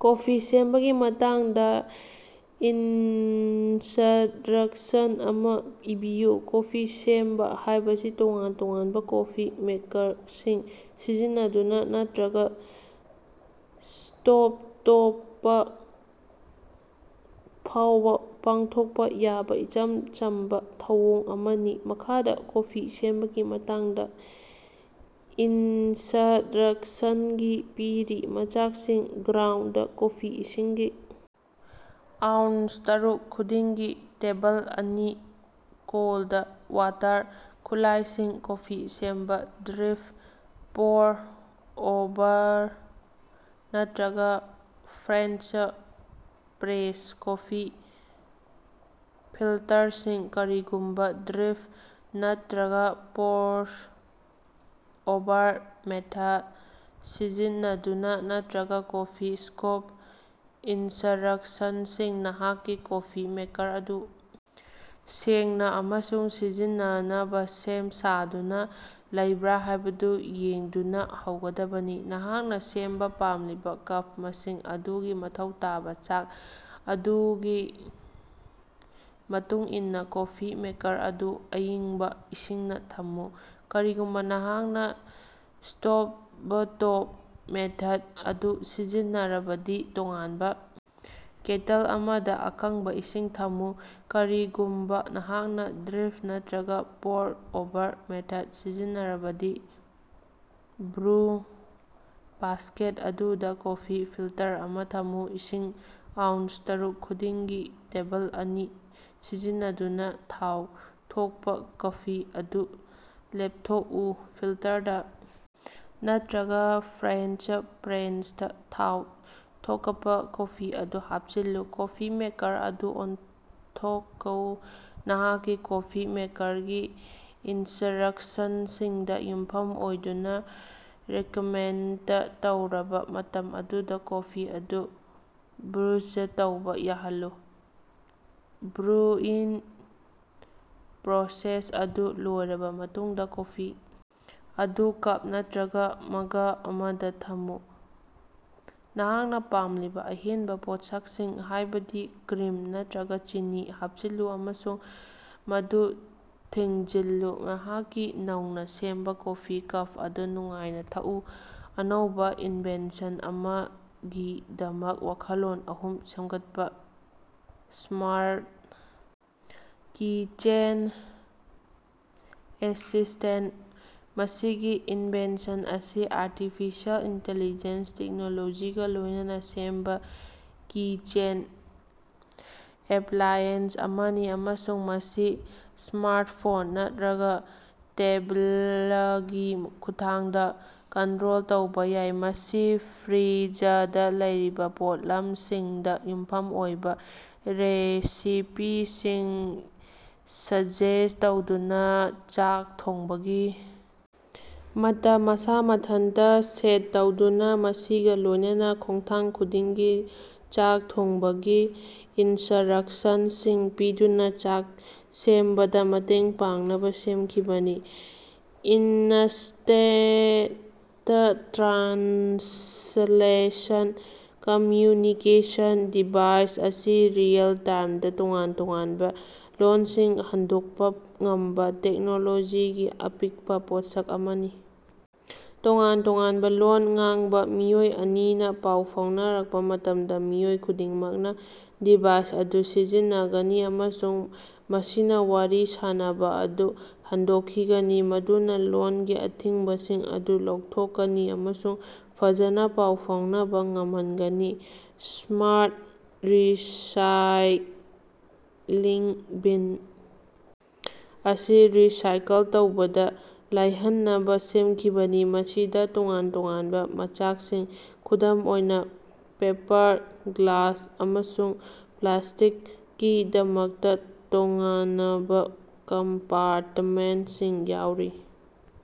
Coffee ꯁꯦꯝꯕꯒꯤ ꯃꯇꯥꯡꯗꯥ instruction ꯑꯃꯥ ꯏꯕꯤꯌꯨ꯫ ꯀꯣꯐꯤ ꯁꯦꯝꯕꯥ ꯍꯥꯏꯕꯁꯤ ꯇꯣꯉꯥꯟ ꯇꯣꯉꯥꯟꯕꯥ ꯀꯣꯐꯤ ꯃꯦꯀꯔꯁꯤꯡ ꯁꯤꯖꯤꯟꯅꯗꯨꯅꯥ ꯅꯠꯇ꯭ꯔꯒꯥ ꯁ꯭ꯇꯣꯕꯇꯣꯞꯇꯥ ꯐꯥꯎꯕꯥ ꯄꯥꯡꯊꯣꯛꯄꯥ ꯌꯥꯕꯥ ꯏꯆꯝ ꯆꯝꯕꯥ ꯊꯧꯑꯣꯡ ꯑꯃꯅꯤ꯫ ꯃꯈꯥꯗꯥ ꯀꯣꯐꯤ ꯁꯦꯝꯕꯒꯤ ꯃꯇꯥꯡꯗꯥ ꯏꯟꯁ꯭ꯠꯔꯛꯁꯟ ꯄꯤꯔꯤ ꯃꯆꯥꯛꯁꯤꯡ ꯒ꯭ꯔꯥꯎꯟꯗ ꯀꯣꯐꯤ ꯏꯁꯤꯡꯒꯤ ꯑꯎꯟꯁ ꯇꯔꯨꯛ ꯈꯨꯗꯤꯡꯒꯤ ꯇꯦꯕꯜ ꯑꯅꯤ ꯀꯣꯜꯗ ꯋꯥꯇꯔ ꯈꯨꯠꯂꯥꯏꯁꯤꯡ ꯀꯣꯐꯤ ꯁꯦꯝꯕꯥ ꯗ꯭ꯔꯤꯞ, ꯄꯣꯔ ꯑꯣꯚꯔ, ꯅꯠꯇ꯭ꯔꯒꯥ ꯐ꯭ꯔꯦꯟꯆ ꯄ꯭ꯔꯦꯁ ꯀꯣꯐꯤ ꯐꯤꯜꯇꯔꯁꯤꯡ ꯀꯔꯤꯒꯨꯝꯕꯥ ꯗ꯭ꯔꯤꯞ ꯅꯠꯇ꯭ꯔꯒꯥ ꯄꯣꯔ ꯑꯣꯚꯔ ꯃꯦꯊꯗ ꯁꯤꯖꯤꯟꯅꯗꯨꯅꯥ ꯅꯠꯇ꯭ꯔꯒꯥ ꯀꯣꯐꯤ ꯁ꯭ꯀꯣꯞ ꯏꯟꯁ꯭ꯠꯔꯛꯁꯟꯁꯤꯡ ꯅꯍꯥꯛꯀꯤ ꯀꯣꯐꯤ ꯃꯦꯀꯔ ꯑꯗꯨ ꯁꯦꯡꯅꯥ ꯑꯃꯁꯨꯡ ꯁꯤꯖꯤꯟꯅꯅꯕꯥ ꯁꯦꯝ ꯁꯥꯗꯨꯅꯥ ꯂꯩꯕ꯭ꯔꯥ ꯍꯥꯏꯕꯗꯨ ꯌꯦꯡꯗꯨꯅꯥ ꯍꯧꯒꯗꯕꯅꯤ꯫ ꯅꯍꯥꯛꯅꯥ ꯁꯦꯝꯕꯥ ꯄꯥꯝꯂꯤꯕꯥ ꯀꯞ ꯃꯁꯤꯡ ꯑꯗꯨꯒꯤ ꯃꯊꯧ ꯇꯥꯕꯥ ꯆꯥꯡ ꯑꯗꯨꯒꯤ ꯃꯇꯨꯡꯏꯟꯅꯥ ꯀꯣꯐꯤ ꯃꯦꯀꯔ ꯑꯗꯨ ꯑꯏꯪꯕꯥ ꯏꯁꯤꯡꯅꯥ ꯊꯝꯃꯨ꯫ ꯀꯔꯤꯒꯨꯝꯕꯥ ꯅꯍꯥꯛꯅꯥ ꯁ꯭ꯇꯣꯕꯇꯣꯞ ꯃꯦꯊꯗ ꯑꯗꯨ ꯁꯤꯖꯤꯟꯅꯔꯕꯗꯤ, ꯇꯣꯉꯥꯟꯕꯥ ꯀꯦꯇꯜ ꯑꯃꯗꯥ ꯑꯀꯪꯕꯥ ꯏꯁꯤꯡ ꯊꯝꯃꯨ꯫ ꯀꯔꯤꯒꯨꯝꯕꯥ ꯅꯍꯥꯛꯅꯥ ꯗ꯭ꯔꯤꯞ ꯅꯠꯇ꯭ꯔꯒꯥ ꯄꯣꯔ ꯑꯣꯚꯔ ꯃꯦꯊꯗ ꯁꯤꯖꯤꯟꯅꯔꯕꯗꯤ ꯕ꯭ꯔꯨ ꯕꯥꯁ꯭ꯀꯦꯠ ꯑꯗꯨꯗꯥ ꯀꯣꯐꯤ ꯐꯤꯜꯇꯔ ꯑꯃꯥ ꯊꯝꯃꯨ꯫ ꯏꯁꯤꯡ ꯑꯎꯟꯁ ꯇꯔꯨꯛ ꯈꯨꯗꯤꯡꯒꯤ ꯇꯦꯕꯜ ꯑꯅꯤ ꯁꯤꯖꯤꯟꯅꯗꯨꯅꯥ ꯊꯥꯎ ꯊꯣꯛꯄꯥ ꯀꯐꯤ ꯑꯗꯨ ꯂꯦꯞꯊꯣꯛꯎ꯫ ꯐꯤꯜꯇꯔꯗꯥ ꯅꯠꯇ꯭ꯔꯒꯥ ꯐ꯭ꯔꯦꯟꯆ ꯄ꯭ꯔꯦꯁꯇꯥ ꯊꯥꯎ ꯊꯣꯀꯄꯥ ꯀꯣꯐꯤ ꯑꯗꯨ ꯍꯥꯄꯆꯤꯜꯂꯨ꯫ ꯀꯣꯐꯤ ꯃꯦꯀꯔ ꯑꯗꯨ ꯑꯣꯟꯊꯣꯀꯎ꯫ ꯅꯍꯥꯛꯀꯤ ꯀꯣꯐꯤ ꯃꯦꯀꯔꯒꯤ ꯏꯟꯁ꯭ꯠꯔꯛꯁꯟꯁꯤꯡꯗꯥ ꯌꯨꯝꯐꯝ ꯑꯣꯏꯗꯨꯅꯥ ꯔꯦꯀꯃꯦꯟꯗ ꯇꯧꯔꯕꯥ ꯃꯇꯝ ꯑꯗꯨꯗꯥ ꯀꯣꯐꯤ ꯑꯗꯨ ꯕ꯭ꯔꯨꯖ ꯇꯧꯕ ꯌꯥꯍꯜꯂꯨ꯫ ꯕ꯭ꯔꯨꯏꯪ ꯄ꯭ꯔꯣꯁꯦꯁ ꯑꯗꯨ ꯂꯣꯏꯔꯕꯥ ꯃꯇꯨꯡꯗꯥ, ꯀꯣꯐꯤ ꯑꯗꯨ ꯀꯞ ꯅꯠꯇ꯭ꯔꯒꯥ ꯃꯒ ꯑꯃꯗꯥ ꯊꯝꯃꯨ꯫ ꯅꯍꯥꯛꯅꯥ ꯄꯥꯝꯂꯤꯕꯥ ꯑꯍꯦꯟꯕꯥ ꯄꯣꯠꯁꯛꯁꯤꯡ, ꯍꯥꯏꯕꯗꯤ ꯀ꯭ꯔꯤꯝ ꯅꯠꯇ꯭ꯔꯒꯥ ꯆꯤꯅꯤ, ꯍꯥꯞꯆꯤꯜꯂꯨ ꯑꯃꯁꯨꯡ ꯃꯗꯨ ꯊꯤꯡꯖꯤꯜꯂꯨ꯫ ꯅꯍꯥꯛꯀꯤ ꯅꯧꯅꯥ ꯁꯦꯝꯕꯥ ꯀꯣꯐꯤ ꯀꯞ ꯑꯗꯨ ꯅꯨꯡꯉꯥꯏꯅꯥ ꯊꯛꯎ꯫ ꯑꯅꯧꯕꯥ ꯏꯟꯚꯦꯟꯁꯟ ꯑꯃꯒꯤꯗꯃꯛ ꯋꯥꯈꯜꯂꯣꯟ ꯑꯍꯨꯝ ꯁꯦꯝꯒꯠꯄꯥ꯫ ꯁ꯭ꯃꯥꯔꯠ ꯀꯤꯆꯦꯟ ꯑꯦꯁꯤꯁ꯭ꯇꯦꯟꯇ ꯃꯁꯤꯒꯤ ꯏꯟꯚꯦꯟꯁꯟ ꯑꯁꯤ ꯑꯥꯔꯇꯤꯐꯤꯁꯤꯑꯦꯜ ꯏꯟꯇꯤꯂꯤꯖꯦꯟꯁ ꯇꯦꯛꯅꯣꯂꯣꯖꯤꯒꯥ ꯂꯣꯏꯅꯅꯥ ꯁꯦꯝꯕꯥ ꯀꯤꯆꯦꯟ ꯑꯦꯞꯂꯥꯏꯑꯦꯟꯁ ꯑꯃꯅꯤ ꯑꯃꯁꯨꯡ ꯃꯁꯤ ꯁ꯭ꯃꯥꯔꯠꯐꯣꯟ ꯅꯠꯔꯒꯥ ꯇꯦꯕꯂꯒꯤ ꯈꯨꯠꯊꯥꯡꯗꯥ ꯀꯟꯠꯔꯣꯜ ꯇꯧꯕ ꯌꯥꯏ꯫ ꯃꯁꯤ ꯐ꯭ꯔꯤꯖꯗꯥ ꯂꯩꯔꯤꯕꯥ ꯄꯣꯠꯂꯝꯁꯤꯡꯗꯥ ꯌꯨꯝꯐꯝ ꯑꯣꯏꯕꯥ ꯔꯦꯁꯤꯄꯤꯁꯤꯡ ꯁꯖꯦꯁ꯭ꯠ ꯇꯧꯗꯨꯅꯥ, ꯆꯥꯛ ꯊꯣꯡꯕꯒꯤ ꯃꯇꯝ ꯃꯁꯥ ꯃꯊꯟꯇꯥ ꯁꯦꯠ ꯇꯧꯗꯨꯅꯥ, ꯃꯁꯤꯒꯥ ꯂꯣꯏꯅꯅꯥ ꯈꯣꯡꯊꯥꯡ ꯈꯨꯗꯤꯡꯒꯤ ꯆꯥꯛ ꯊꯣꯡꯕꯒꯤ ꯏꯟꯁ꯭ꯠꯔꯛꯁꯟꯁꯤꯡ ꯄꯤꯗꯨꯅꯥ ꯆꯥꯛ ꯁꯦꯝꯕꯗꯥ ꯃꯇꯦꯡ ꯄꯥꯡꯅꯕꯥ ꯁꯦꯝꯈꯤꯕꯅꯤ꯫ ꯏꯅꯁ꯭ꯇꯦꯟꯇ ꯇ꯭ꯔꯥꯟꯁꯂꯦꯁꯟ ꯀꯝꯃꯌꯨꯅꯤꯀꯦꯁꯟ ꯗꯤꯚꯥꯏꯁ ꯑꯁꯤ ꯔꯤꯑꯦꯜ-ꯇꯥꯏꯝꯗꯥ ꯇꯣꯉꯥꯟ ꯇꯣꯉꯥꯟꯕꯥ ꯂꯣꯟꯁꯤꯡ ꯍꯟꯗꯣꯛꯄꯥ ꯉꯝꯕꯥ ꯇꯦꯛꯅꯣꯂꯣꯖꯤꯒꯤ ꯑꯄꯤꯛꯄꯥ ꯄꯣꯠꯁꯛ ꯑꯃꯅꯤ꯫ ꯇꯣꯉꯥꯟ ꯇꯣꯉꯥꯟꯕꯥ ꯂꯣꯟ ꯉꯥꯡꯕꯥ ꯃꯤꯑꯣꯏ ꯑꯅꯤꯅꯥ ꯄꯥꯎ ꯐꯥꯎꯅꯔꯛꯄꯥ ꯃꯇꯝꯗꯥ ꯃꯤꯑꯣꯏ ꯈꯨꯗꯤꯡꯃꯛꯅꯥ ꯗꯤꯚꯥꯏꯁ ꯑꯗꯨ ꯁꯤꯖꯤꯟꯅꯒꯅꯤ ꯑꯃꯁꯨꯡ ꯃꯁꯤꯅꯥ ꯋꯥꯔꯤ ꯁꯥꯅꯕꯥ ꯑꯗꯨ ꯍꯟꯗꯣꯛꯈꯤꯒꯅꯤ, ꯃꯗꯨꯅꯥ ꯂꯣꯟꯒꯤ ꯑꯊꯤꯡꯕꯁꯤꯡ ꯑꯗꯨ ꯂꯧꯊꯣꯛꯀꯅꯤ ꯑꯃꯁꯨꯡ ꯐꯖꯅꯥ ꯄꯥꯎ ꯐꯥꯎꯅꯕꯥ ꯉꯝꯍꯟꯒꯅꯤ꯫ ꯁ꯭ꯃꯥꯔꯠ ꯔꯤꯁꯥꯏꯛꯂꯤꯡ ꯕꯤꯟ ꯑꯁꯤ ꯔꯤꯁꯥꯏꯀꯜ ꯇꯧꯕꯗꯥ ꯂꯥꯏꯍꯟꯅꯕꯥ ꯁꯦꯝꯈꯤꯕꯅꯤ, ꯃꯁꯤꯗꯥ ꯇꯣꯉꯥꯟ ꯇꯣꯉꯥꯟꯕꯥ ꯃꯆꯥꯛꯁꯤꯡ, ꯈꯨꯗꯝ ꯑꯣꯏꯅꯥ ꯄꯦꯄꯔ, ꯒ꯭ꯂꯥꯁ, ꯑꯃꯁꯨꯡ ꯄ꯭ꯂꯥꯁ꯭ꯇꯤꯛꯀꯤꯗꯃꯛꯇꯥ ꯇꯣꯉꯥꯅꯕꯥ ꯀꯝꯄꯥꯔꯇꯃꯦꯟꯠꯁꯤꯡ ꯌꯥꯎꯔꯤ꯫